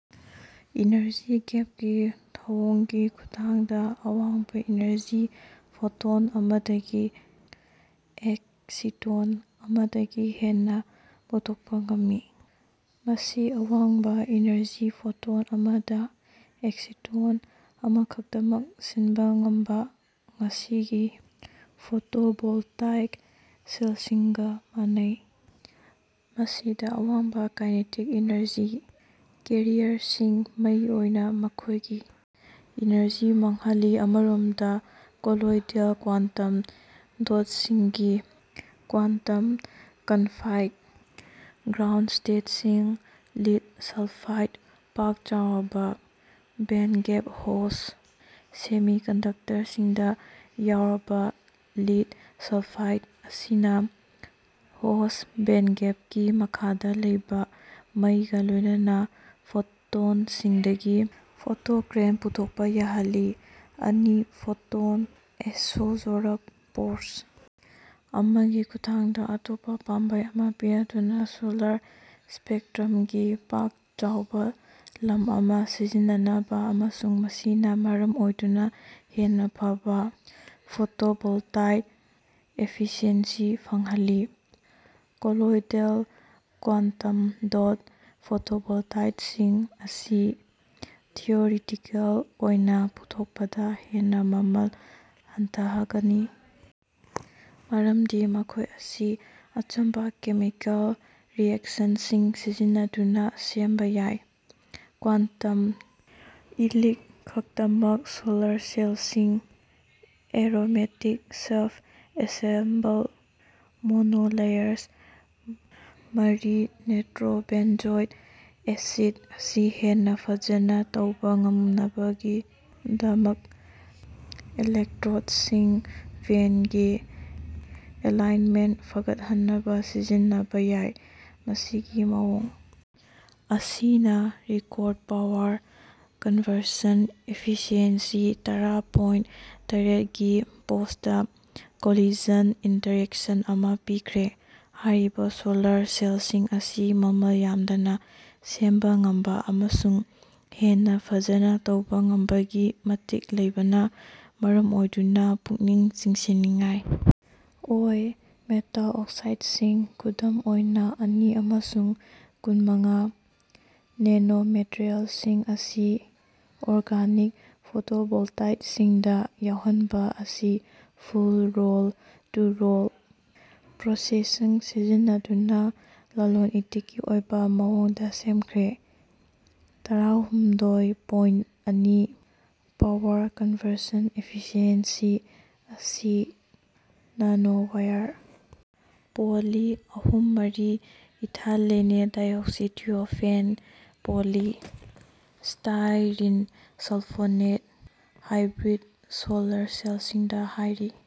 Energy gap ꯀꯤ ꯊꯧꯑꯣꯡꯒꯤ ꯈꯨꯠꯊꯥꯡꯗ ꯑꯋꯥꯡꯕ-ꯏꯅꯔꯖꯤ ꯐꯣꯇꯣꯟ ꯑꯃꯗꯒꯤ ꯑꯦꯛꯁꯤꯇꯣꯟ ꯑꯃꯗꯒꯤ ꯍꯦꯟꯅ ꯄꯨꯊꯣꯛꯄ ꯉꯝꯃꯤ꯫ ꯃꯁꯤ ꯑꯋꯥꯡꯕ-ꯏꯅꯔꯖꯤ ꯐꯣꯇꯣꯟ ꯑꯃꯗ ꯑꯦꯛꯁꯤꯇꯣꯟ ꯑꯃꯈꯛꯇꯃꯛ ꯁꯤꯟꯕ ꯉꯝꯕ ꯉꯁꯤꯒꯤ ꯐꯣꯇꯣꯚꯣꯜꯇꯥꯏꯛ ꯁꯦꯜꯁꯤꯡꯒ ꯃꯥꯟꯅꯩ꯫ ꯃꯁꯤꯗ ꯑꯋꯥꯡꯕ ꯀꯥꯏꯅꯦꯇꯤꯛ ꯏꯅꯔꯖꯤ ꯀꯦꯔꯤꯌꯔꯁꯤꯡꯅ ꯃꯩ ꯑꯣꯏꯅ ꯃꯈꯣꯏꯒꯤ ꯏꯅꯔꯖꯤ ꯃꯥꯡꯍꯜꯂꯤ꯫ ꯑꯃꯔꯣꯝꯗꯅ ꯀꯣꯂꯣꯏꯗꯦꯜ ꯀ꯭ꯋꯥꯟꯇꯝ ꯗꯣꯠꯁꯤꯡꯒꯤ ꯀ꯭ꯋꯥꯟꯇꯝ ꯀꯟꯐꯥꯏꯗ ꯒ꯭ꯔꯥꯎꯟꯁ꯭ꯇꯦꯠꯁꯤꯡ (ꯂꯤꯗ ꯁꯜꯐꯥꯏꯗ, ꯄꯥꯛ ꯆꯥꯎꯔꯕ ꯕꯦꯟꯒꯦꯞ ꯍꯣꯁ ꯁꯦꯃꯤꯀꯟꯗꯛꯇꯔꯁꯤꯡꯗ ꯌꯥꯎꯔꯕ ꯂꯤꯗ ꯁꯥꯜꯐꯥꯏꯗ) ꯑꯁꯤꯅ ꯍꯣꯁꯠ ꯕꯦꯟꯒꯦꯞꯀꯤ ꯃꯈꯥꯗ ꯂꯩꯕ ꯃꯩꯒ ꯂꯣꯏꯅꯅ ꯐꯣꯇꯣꯟꯁꯤꯡꯗꯒꯤ ꯐꯣꯇꯣꯀꯔꯦꯟ ꯄꯨꯊꯣꯛꯄ ꯌꯥꯍꯜꯂꯤ꯫ ꯑꯅꯤ-ꯐꯣꯇꯣꯟ ꯑꯦꯁꯣꯕꯖꯣꯔꯞ ꯄ꯭ꯔꯣꯁ ꯑꯃꯒꯤ ꯈꯨꯠꯊꯥꯡꯗ ꯑꯇꯣꯞꯄ ꯄꯥꯝꯕꯩ ꯑꯃ ꯄꯤꯔꯗꯨꯅ ꯁꯣꯂꯔ ꯁ꯭ꯄꯦꯛꯇ꯭ꯔꯝꯒꯤ ꯄꯥꯛ ꯆꯥꯎꯕ ꯂꯝ ꯑꯃ ꯁꯤꯖꯤꯟꯅꯅꯕ ꯑꯃꯁꯨꯡ ꯃꯁꯤꯅ ꯃꯔꯝ ꯑꯣꯏꯗꯨꯅ ꯍꯦꯟꯅ ꯐꯕ ꯐꯣꯇꯣꯚꯣꯜꯇꯥꯏꯛ ꯑꯦꯐꯤꯁꯤꯑꯦꯟꯁꯤ ꯐꯪꯍꯜꯂꯤ꯫ ꯀꯣꯂꯣꯏꯗꯦꯜ ꯀ꯭ꯋꯥꯟꯇꯝ ꯗꯣꯠ ꯐꯣꯇꯣꯚꯣꯜꯇꯥꯏꯛꯁꯤꯡ ꯑꯁꯤ ꯊꯤꯑꯣꯔꯤꯇꯤꯀꯦꯜ ꯑꯣꯏꯅ ꯄꯨꯊꯣꯛꯄꯗ ꯍꯦꯟꯅ ꯃꯃꯜ ꯍꯟꯊꯒꯅꯤ ꯃꯔꯝꯗꯤ ꯃꯈꯣꯏ ꯑꯁꯤ ꯑꯆꯝꯕ ꯀꯦꯃꯤꯀꯦꯜ ꯔꯤꯑꯦꯛꯁꯟꯁꯤꯡ ꯁꯤꯖꯤꯟꯅꯗꯨꯅ ꯁꯦꯝꯕ ꯌꯥꯏ꯫ ꯀ꯭ꯋꯥꯟꯇꯝ ꯏꯂꯤꯛ ꯈꯛꯇꯃꯛ ꯁꯣꯂꯔ ꯁꯦꯜꯁꯤꯡ ꯑꯦꯔꯣꯃꯦꯇꯤꯛ ꯁꯦꯜꯐ ꯑꯦꯁꯦꯝꯕꯜꯗ ꯃꯣꯅꯣꯂꯦꯌꯔꯁ (ꯃꯔꯤ-ꯅꯤꯇ꯭ꯔꯣꯕꯦꯟꯖꯣꯏꯛ ꯑꯦꯁꯤꯗ) ꯑꯁꯤ ꯍꯦꯟꯅ ꯐꯖꯅ ꯇꯧꯕ ꯉꯝꯅꯕꯒꯤꯗꯃꯛ ꯏꯂꯦꯛꯇ꯭ꯔꯣꯗꯁꯤꯡꯗ ꯕꯦꯟꯒꯤ ꯑꯦꯂꯥꯏꯟꯃꯦꯟꯠ ꯐꯒꯠꯍꯟꯅꯕ ꯁꯤꯖꯤꯟꯅꯕ ꯌꯥꯏ꯫ ꯃꯁꯤꯒꯤ ꯃꯑꯣꯡ ꯑꯁꯤꯅ ꯔꯦꯀꯣꯔ꯭ꯗ ꯄꯥꯋꯔ ꯀꯟꯚꯔꯁꯟ ꯑꯦꯐꯤꯁꯤꯌꯦꯟꯁꯤ (ꯇꯔꯥ ꯄꯣꯏꯟꯠ ꯇꯔꯦꯠ ꯒꯤ ꯄꯣꯁꯇ ꯀꯣꯂꯤꯖꯟ ꯏꯟꯇꯔꯦꯛꯁꯟ ꯑꯃ ꯄꯤꯈ꯭ꯔꯦ꯫ ꯍꯥꯏꯔꯤꯕ ꯁꯣꯂꯔ ꯁꯦꯜꯁꯤꯡ ꯑꯁꯤ ꯃꯃꯜ ꯌꯥꯝꯗꯅ ꯁꯦꯝꯕ ꯉꯝꯕ ꯑꯃꯁꯨꯡ ꯍꯦꯟꯅ ꯐꯖꯅ ꯇꯧꯕ ꯉꯝꯕꯒꯤ ꯃꯇꯤꯛ ꯂꯩꯕꯅ ꯃꯔꯝ ꯑꯣꯏꯗꯨꯅ ꯄꯨꯛꯅꯤꯡ ꯆꯤꯡꯁꯤꯟꯅꯤꯡꯉꯥꯏ ꯑꯣꯏ꯫ ꯃꯦꯇꯥꯜ ꯑꯣꯛꯁꯥꯏꯗꯁꯤꯡ ꯈꯨꯗꯝ ꯑꯣꯏꯅ ꯑꯅꯤ ꯑꯃꯁꯨꯡ ꯀꯨꯟ - ꯃꯉꯥ ꯅꯦꯅꯣꯃꯦꯇ꯭ꯔꯤꯌꯜꯁꯤꯡ ꯑꯁꯤ ꯑꯣꯔꯒꯅꯤꯛ ꯐꯣꯇꯣꯚꯣꯜꯇꯥꯏꯛꯁꯤꯡꯗ ꯌꯥꯎꯍꯟꯕ ꯑꯁꯤ ꯐꯨꯜ ꯔꯣꯜ-ꯇꯨ-ꯔꯣꯜ ꯄ꯭ꯔꯣꯁꯦꯁꯡ ꯁꯤꯖꯤꯟꯅꯗꯨꯅ ꯂꯂꯣꯟ ꯏꯇꯤꯛꯀꯤ ꯑꯣꯏꯕ ꯃꯑꯣꯡꯗ ꯁꯦꯝꯈ꯭ꯔꯦ꯫ ꯇꯔꯥꯍꯨꯝꯗꯣꯏ ꯄꯣꯏꯟꯠ ꯑꯅꯤ ꯄꯥꯋꯔ ꯀꯟꯚꯔꯁꯟ ꯑꯦꯐꯤꯁꯤꯑꯦꯟꯁꯤ ꯑꯁꯤ ꯅꯥꯅꯣꯋꯥꯏꯌꯔ ꯄꯣꯂꯤ (ꯑꯍꯨꯝ, ꯃꯔꯤ- ethylenedioxythiophene): poly (styrene sulphonate) hybrid solar ꯁꯦꯜꯁꯤꯡꯗ ꯍꯥꯏꯔꯤ꯫